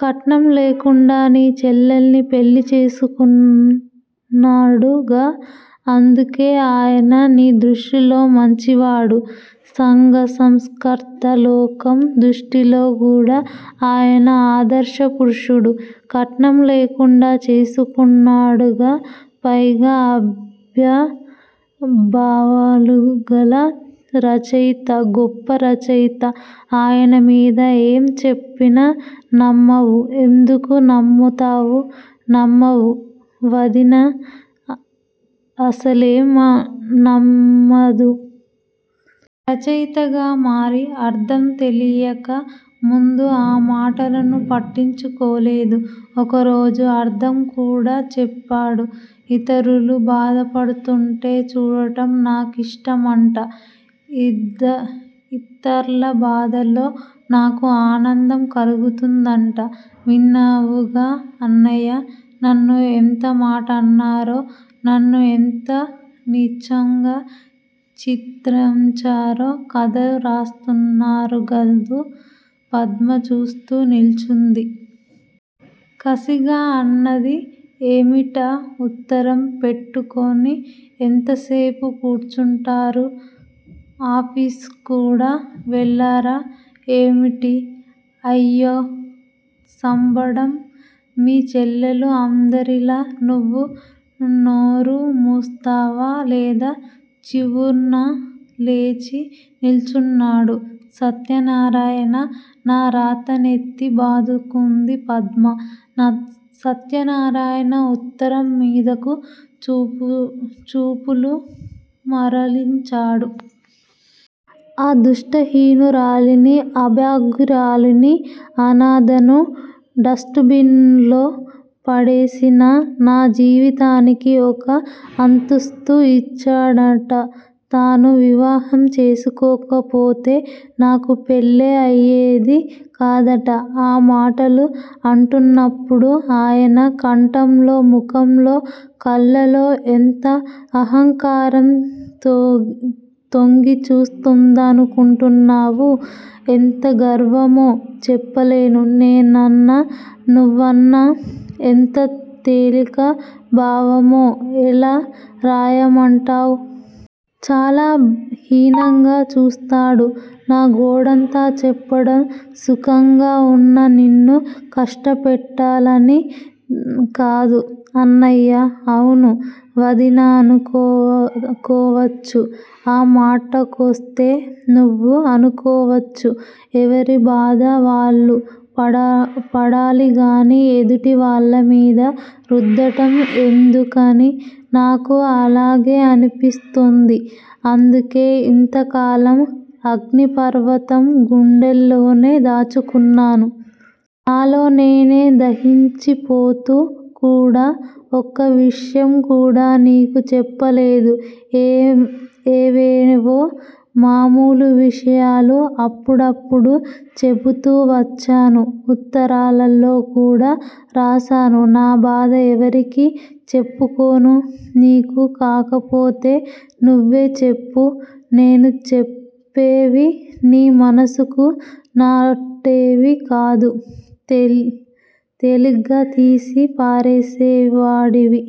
'కట్నం లేకుండా నీ చెల్లెల్నిపెళ్ళిచేసుకున్నాడుగా! అందుకే ఆయన నీ దృష్టిలో మంచివాడు. సంఘ సంస్కర్త. లోకం దృష్టిలో కూడా ఆయన ఆదర్శపురుషుడు. కట్నం లేకుండా చేసుకున్నాడుగా? పైగా అభ్య్దయభావాలుగల రచయిత! గొప్ప రచయిత. ఆయన మీద ఏం చెప్పినా నమ్మవు. ఎందుకు నమ్ముతావు? నమ్మవు. వదిన అసలే నమ్మదు. రచయితగా మరి? అర్థం తెలియక ముందు ఆ మాటను పట్టించుకోలేదు. ఒకరోజు అర్థం కూడా చెప్పాడు. ఇతరులు బాధపడుతుంటే చూడటం నా కిష్టమంట. ఇతర్ల బాధల్లో నాకు ఆనందం కలుగుతుందట! విన్నావుగా అన్నయ్య? నన్ను ఎంతమాటన్నారో? నన్ను ఎంత నీచంగా చిత్రించారో! కథలు రాస్తారుగదూ! పద్మ చూస్తూ నిల్చుంది. కసిగా అన్నది- ఏమిటా ఉత్తరం పెట్టుకొని ఎంతసేపు కూర్చుంటారు? ఆఫీసుక్కూడా వెళ్ళారా ఏమిటి? అయ్యో సంబడం! మీ చెల్లెలు అందరిలా నువ్వు నోరు మూస్తావా లేదా? చివ్వున లేచి నిల్చున్నాడు సత్యనారాయణ. నా రాత! నెత్తి బాదుకుంది పద్మ. సత్యనారాయణ ఉత్తరం మీదకు చూపులు మరలించాడు. అదృష్టహీనురాల్ని! అభాగ్యురాల్ని! అనాథను! డస్టుబిన్ లో పారేసిన నా జీవితానికి ఒక అంతస్తు ఇచ్చాడట. తాను వివాహం చేసుకోకపోతే నాకు పెళ్ళే అయేది కాదట! ఆ మాటలు అంటున్నప్పుడు ఆయన కంఠంలో, ముఖంలో, కళ్ళల్లో ఎంత అహంకారం తొంగి చూస్తుందనుకున్నావు? ఎంత గర్వమో చెప్పలేను. నేనన్నా, నువ్వన్నా ఎంత తేలిక భావమో ఎలా రాయమంటావు? చాలా హీనంగా చూస్తాడు. నా గోడంతా చెప్పడం సుఖంగా వున్న నిన్ను కష్టపెట్టాలని కాదు అన్నయ్యా! అవును! వదిన అనుకోవచ్చు! ఆ మాటకొస్తే నువ్వు అనుకోవచ్చు! ఎవరి బాధ వాళ్ళు పడాలిగాని ఎదుటివాళ్ళ మీద రుద్దడం ఎందుకని? నాకూ అలాగే అనిపిస్తుంది. అందుకే ఇంతకాలం అగ్ని పర్వతం గుండెల్లోనే దాచుకున్నాను. నాలో నేనే దహించిపోతూ కూడా ఒక్క విషయం కూడా నీకు చెప్పలేదు. ఏవేవో మామూలు విషయాలు అప్పుడప్పుడూ చెబుతూ వచ్చాను. ఉత్తరాల్లో కూడా రాశాను. నా బాధ ఎవరికి చెప్పుకోను నీకు కాకపోతే? నువ్వే చెప్పు! నేను చెప్పేవి నీ మనసుకు నాటేవి కాదు. తేలిగ్గా తీసి పారేసేవాడివి!